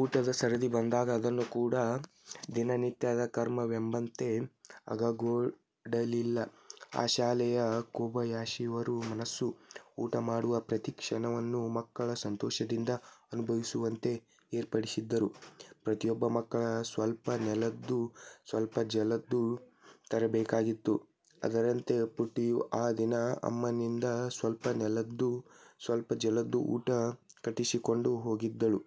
ಊಟದ ಸರದಿ ಬಂದಾಗ ಅದನ್ನು ಕೂಡ ದಿನ ನಿತ್ಯದ ಕರ್ಮವೆಂಬಂತೆ ಆಗಗೊಡಲಿಲ್ಲ ಆ ಶಾಲೆಯ ಕೊಬಯಾಶಿಯವರ ಮನಸ್ಸು. ಊಟ ಮಾಡುವ ಪ್ರತಿ ಕ್ಷಣವನ್ನು ಮಕ್ಕಳು ಸಂತೋಷದಿಂದ ಅನುಭವಿಸುವಂತೆ ಏರ್ಪಡಿಸಿದ್ದರು. ಪ್ರತಿಯೊಬ್ಬ ಮಕ್ಕಳು "ಸ್ವಲ್ಪ ನೆಲದ್ದು, ಸ್ವಲ್ಪ ಜಲದ್ದು" ತರಬೇಕಾಗಿತ್ತು. ಅದರಂತೆ ಪುಟ್ಟಿಯೂ ಆ ದಿನ ಅಮ್ಮನಿಂದ 'ಸ್ವಲ್ಪ ನೆಲದ್ದು, ಸ್ವಲ್ಪ ಜಲದ್ದು' ಊಟ ಕಟ್ಟಿಸಿಕೊಂಡು ಹೋಗಿದ್ದಳು.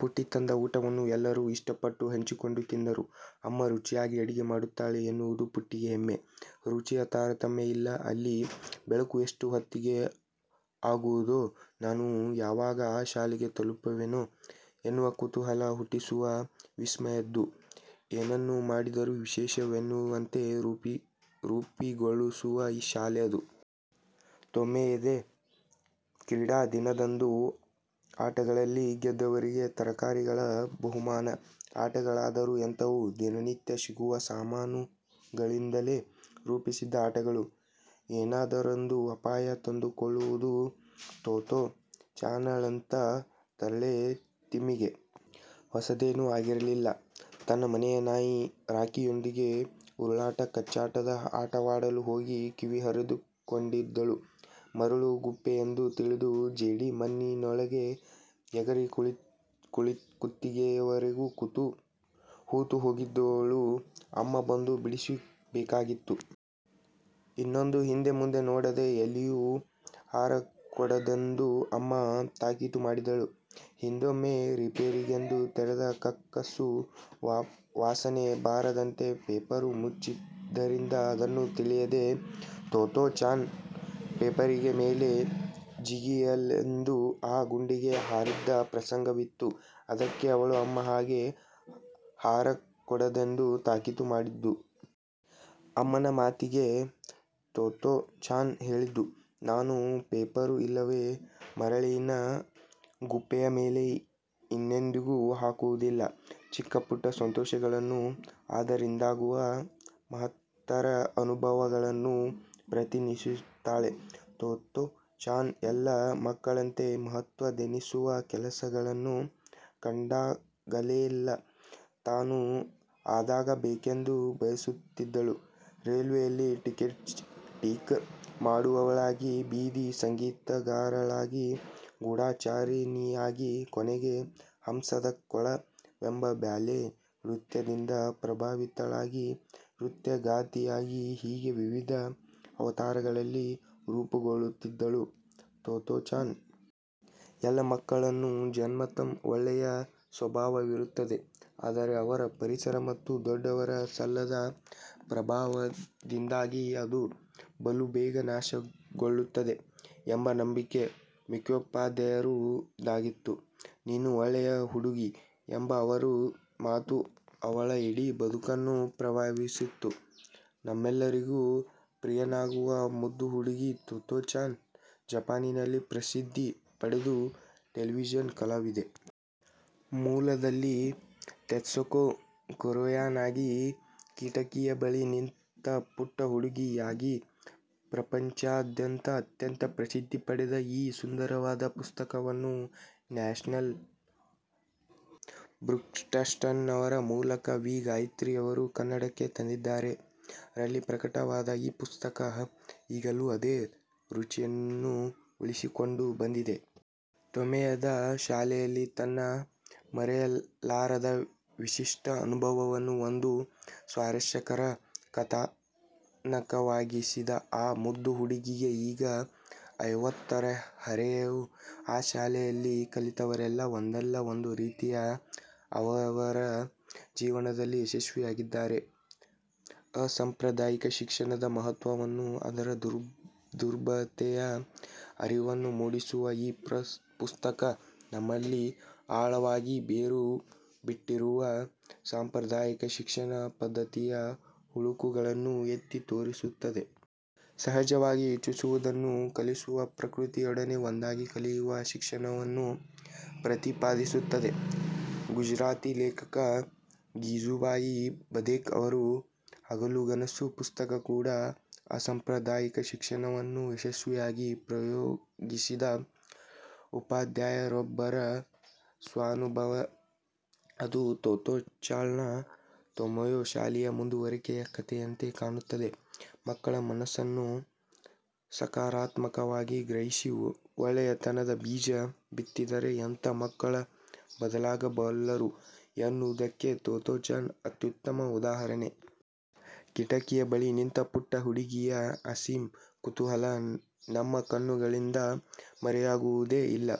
ಪುಟ್ಟಿ ತಂದ ಊಟವನ್ನು ಎಲ್ಲರು ಇಷ್ಟಪಟ್ಟು ಹಂಚಿಕೊಂಡು ತಿಂದರು. ಅಮ್ಮ ರುಚಿಯಾಗಿ ಅಡುಗೆ ಮಾಡುತ್ತಾಳೆ ಎನ್ನುವುದು ಪುಟ್ಟಿಗೆ ಹೆಮ್ಮೆ. ರುಚಿಯ ತಾರತಮ್ಯ ಇಲ್ಲ ಅಲ್ಲಿ. ಬೆಳಕು ಎಷ್ಟು ಹೊತ್ತಿಗೆ ಆಗುವುದೋ ನಾನು ಯಾವಾಗ ಆ ಶಾಲೆಗೆ ತಲುಪುವೆನೋ ಎನ್ನುವ ಕುತೂಹಲ ಹುಟ್ಟಿಸುವ 'ವಿಸ್ಮಯ'ದ್ದು. ಏನನ್ನು ಮಾಡಿದರು ವಿಶೇಷವೆನ್ನುವಂತೆ ರೂಪುಗೊಳಿಸುವ ಶಾಲೆ ಅದು. ತೊಮೆಯೆದ ಕ್ರೀಡಾದಿನದಂದು ಅಟಗಳಲ್ಲಿ ಗೆದ್ದವರಿಗೆ ತರಕಾರಿಗಳ ಬಹುಮಾನ. ಆಟಗಳಾದರು ಎಂಥವು ದಿನನಿತ್ಯ ಸಿಗುವ ಸಾಮಾನುಗಳಿಂದಲೇ ರೂಪಿಸಿದ್ದ ಆಟಗಳು. ಏನಾದರೊಂದು ಅಪಾಯ ತಂದುಕೊಳ್ಳುವುದು ತೊತ್ತೋ-ಚಾನಳಂಥ ತರಲೆ ತಿಮ್ಮಿಗೆ ಹೊಸದೇನು ಆಗಿರಲಿಲ್ಲ. ತನ್ನ ಮನೆಯ ನಾಯಿ ರಾಕಿಯೊಂದಿಗೆ ಉರುಳಾಟ ಕಚ್ಚಾಟದ ಆಟವಾಡಲು ಹೋಗಿ ಕಿವಿ ಹರಿದುಕೊಂಡಿದ್ದಳು. ಮರಳು ಗುಪ್ಪೆಯೆಂದು ತಿಳಿದು ಜೇಡಿ ಮಣ್ಣಿನೊಳಗೆ ಎಗರಿ ಕುತ್ತಿಗೆಯವರೆಗು ಹೂತು ಹೋಗಿದ್ದವಳನ್ನು ಅಮ್ಮ ಬಂದು ಬಿಡಿಸಬೇಕಾಗಿತ್ತು. ಇನ್ನೆಂದೂ ಹಿಂದೆ ಮುಂದೆ ನೋಡದೆ ಎಲ್ಲಿಯೂ ಹಾರಕೂಡದೆಂದು ಅಮ್ಮ ತಾಕೀತು ಮಾಡಿದಳು. ಹಿಂದೊಮ್ಮೆ ರಿಪೇರಿಗೆಂದು ತೆಗೆದ ಕಕ್ಕಸ್ಸು ವಾಸನೆ ಬಾರದಂತೆ ಪೇಪರು ಮುಚ್ಚಿದ್ದರಿಂದ ಅದನ್ನು ತಿಳಿಯದೆ ತೊತ್ತೋ-ಚಾನ್ ಪೇಪರಿನ ಮೇಲೆ ಜಿಗಿಯಲೆಂದು ಆ ಗುಂಡಿಗೆ ಹಾರಿದ್ದ ಪ್ರಸಂಗವಿತ್ತು. ಅದಕ್ಕೇ ಅವಳ ಅಮ್ಮ ಹಾಗೆ ಹಾರಕೂಡದೆಂದು ತಾಕೀತು ಮಾಡಿದ್ದು. ಅಮ್ಮನ ಮಾತಿಗೆ ತೊತ್ತೋ-ಚಾನ್ ಹೇಳಿದ್ದು: ನಾನು ಪೇಪರು ಇಲ್ಲವೇ ಮರಳಿನ ಗುಪ್ಪೆಯ ಮೇಲೆ ಇನ್ನೆಂದಿಗೂ ಹಾರುವುದೇ ಇಲ್ಲ. ಚಿಕ್ಕ ಪುಟ್ಟ ಸಂತೋಷಗಳನ್ನು, ಅದರಿಂದಾಗುವ ಮಹತ್ತರ ಅನುಭವಗಳನ್ನು ಪ್ರತಿನಿಧಿಸುತ್ತಾಳೆ ತೊತ್ತೋ-ಚಾನ್ ಎಲ್ಲ ಮಕ್ಕಳಂತೆ ಮಹತ್ವದೆನ್ನಿಸುವ ಕೆಲಸ ಗಳನ್ನು ಕಂಡಾಗಲೆಲ್ಲ ತಾನು ಅದಾಗಬೇಕೆಂದು ಬಯಸುತ್ತಿದ್ದಳು. ರೇಲ್ವೆಯಲ್ಲಿ ಟಿಕೆಟ್ ಚೆಕ್ ಮಾಡುವವಳಾಗಿ, ಬೀದಿ ಸಂಗೀತಗಾರಳಾಗಿ, ಗೂಢಾಚಾರಿಣಿಯಾಗಿ, ಕೊನೆಗೆ 'ಹಂಸದ ಕೊಳ'ವೆಂಬ ಬ್ಯಾಲೆ ನೃತ್ಯದಿಂದ ಪ್ರಭಾವಿತಳಾಗಿ ನೃತ್ಯಗಾತಿಯಾಗಿ-ಹೀಗೆ ವಿವಿಧ ಅವತಾರಗಳಲ್ಲಿ ರೂಪುಗೊಳ್ಳುತ್ತಿದ್ದಳು ತೊತ್ತೋ-ಚಾನ್. ಎಲ್ಲ ಮಕ್ಕಳಲ್ಲೂ ಜನ್ಮತಃ ಒಳ್ಳೆಯ ಸ್ವಭಾವವಿರುತ್ತದೆ. ಆದರೆ ಅವರ ಪರಿಸರ ಮತ್ತು ದೊಡ್ಡವರ ಸಲ್ಲದ ಪ್ರಭಾವದಿಂದಾಗಿ ಅದು ಬಲುಬೇಗ ನಾಶಗೊಳ್ಳುತ್ತದೆ ಎಂಬ ನಂಬಿಕೆ ಮುಖ್ಯೋಪಾಧ್ಯಾಯರ ದಾಗಿತ್ತು. "ನೀನು ಒಳ್ಳೆಯ ಹುಡುಗಿ" ಎಂಬ ಅವರ ಮಾತು ಅವಳ ಇಡೀ ಬದುಕನ್ನು ಪ್ರಭಾವಿಸಿತ್ತು. ನಮ್ಮೆಲ್ಲರಿಗು ಪ್ರಿಯವಾಗುವ ಮುದ್ದು ಹುಡುಗಿ ತೊತ್ತೋ-ಚಾನ್ ಜಪಾನಿನಲ್ಲಿ ಪ್ರಸಿದ್ದಿ ಪಡೆದ ಟೆಲಿವಿಷನ್ ಕಲಾವಿದೆ. ಮೂಲದಲ್ಲಿ "ತೆತ್ಸುಕೊ ಕೊರೊಯಾನಾಗಿ"- 'ಕಿಟಕಿಯ ಬಳಿ ನಿಂತ ಪುಟ್ಟ ಹುಡುಗಿ' ಯಾಗಿ ಪ್ರಪಂಚಾದ್ಯಂತ ಅತ್ಯಂತ ಪ್ರಸಿದ್ದಿ ಪಡೆದ ಈ ಸುಂದರವಾದ ಪುಸ್ತಕವನ್ನು ನ್ಯಾಷನಲ್ ಬುಕ್ಟ್ರಸ್ಟ್ನವರ ಮೂಲಕ ವಿ. ಗಾಯತ್ರಿ ಯವರು ಕನ್ನಡಕ್ಕೆ ತಂದಿದ್ದಾರೆ. ರಲ್ಲಿ ಪ್ರಕಟವಾದ ಈ ಪುಸ್ತಕ ಈಗಲೂ ಅದೇ ರುಚಿಯನ್ನು ಉಳಿಸಿಕೊಂಡು ಬಂದಿದೆ. ತೊಮೆಯೆದ ಶಾಲೆಯಲ್ಲಿ ತನ್ನ ಮರೆಯಲಾರದ ವಿಶಿಷ್ಟ ಅನುಭವವನ್ನು ಒಂದು ಸ್ವಾರಸ್ಯಕರ ಕಥಾನಕವಾಗಿಸಿದ ಆ ಮುದ್ದು ಹುಡುಗಿಗೆ ಈಗ ಐವತ್ತರ ಹರೆಯ. ಆ ಶಾಲೆಯಲ್ಲಿ ಕಲಿತವರೆಲ್ಲ ಒಂದಲ್ಲ ಒಂದು ರೀತಿಯಲ್ಲಿ ಅವವರವರ ಜೀವನದಲ್ಲಿ ಯಶಸ್ವಿಯಾಗಿದ್ದಾರೆ. ಅಸಂಪ್ರದಾಯಿಕ ಶಿಕ್ಷಣದ ಮಹತ್ವವನ್ನು ಅದರ ದುರ್ಲಭತೆಯ ಅರಿವನ್ನು ಮೂಡಿಸುವ ಈ ಪುಸ್ತಕ, ನಮ್ಮಲ್ಲಿ ಆಳವಾಗಿ ಬೇರು ಬಿಟ್ಟಿರುವ ಸಾಂಪ್ರದಾಯಿಕ ಶಿಕ್ಷಣ ಪದ್ದತಿಯ ಹುಳುಕುಗಳನ್ನು ಎತ್ತಿತೋರಿಸುತ್ತದೆ. ಸಹಜವಾಗಿ ಯೋಚಿಸುವುದನ್ನು ಕಲಿಸುವ, ಪ್ರಕೃತಿಯೊಡನೆ ಒಂದಾಗಿ ಕಲಿಯುವ ಶಿಕ್ಷಣವನ್ನು ಪ್ರತಿಪಾದಿಸುತ್ತದೆ. ಗುಜರಾತಿ ಲೇಖಕ ಗೀಜೂಬಾಯಿ ಬಧೇಕ ಅವರ 'ಹಗಲುಗನಸು' ಪುಸ್ತಕ ಕೂಡ ಅಸಂಪ್ರದಾಯಿಕ ಶಿಕ್ಷಣದವನ್ನು ಯಶಸ್ವಿಯಾಗಿ ಪ್ರಯೋಗಿಸಿದ ಉಪಾಧ್ಯಾಯರೊಬ್ಬರ ಸ್ವಾನುಭವ. ಅದು ತೊತ್ತೋ-ಚಾನ್ಳ ತೊಮೆಯೆ ಶಾಲೆಯ ಮುಂದುವರಿಕೆಯ ಕಥೆಯಂತೆ ಕಾಣುತ್ತದೆ. ಮಕ್ಕಳ ಮನಸ್ಸನ್ನು ಸಕಾರಾತ್ಮಕವಾಗಿ ಗ್ರಹಿಸಿ ಒಳ್ಳೆಯತನದ ಬೀಜ ಬಿತ್ತಿದರೆ ಎಂಥ ಮಕ್ಕಳು ಬದಲಾಗಬಲ್ಲರು ಎನ್ನುವುದಕ್ಕೆ ತೊತ್ತೋ-ಚಾನ್ ಅತ್ಯುತ್ತಮ ಉದಾಹರಣೆ. 'ಕಿಟಕಿಯ ಬಳಿ ನಿಂತ ಪುಟ್ಟ ಹುಡುಗಿಯ' ಅಸೀಮ ಕುತೂಹಲ ನಮ್ಮ ಕಣ್ಣುಗಳಿಂದ ಮರೆಯಾಗುವುದೇ ಇಲ್ಲ.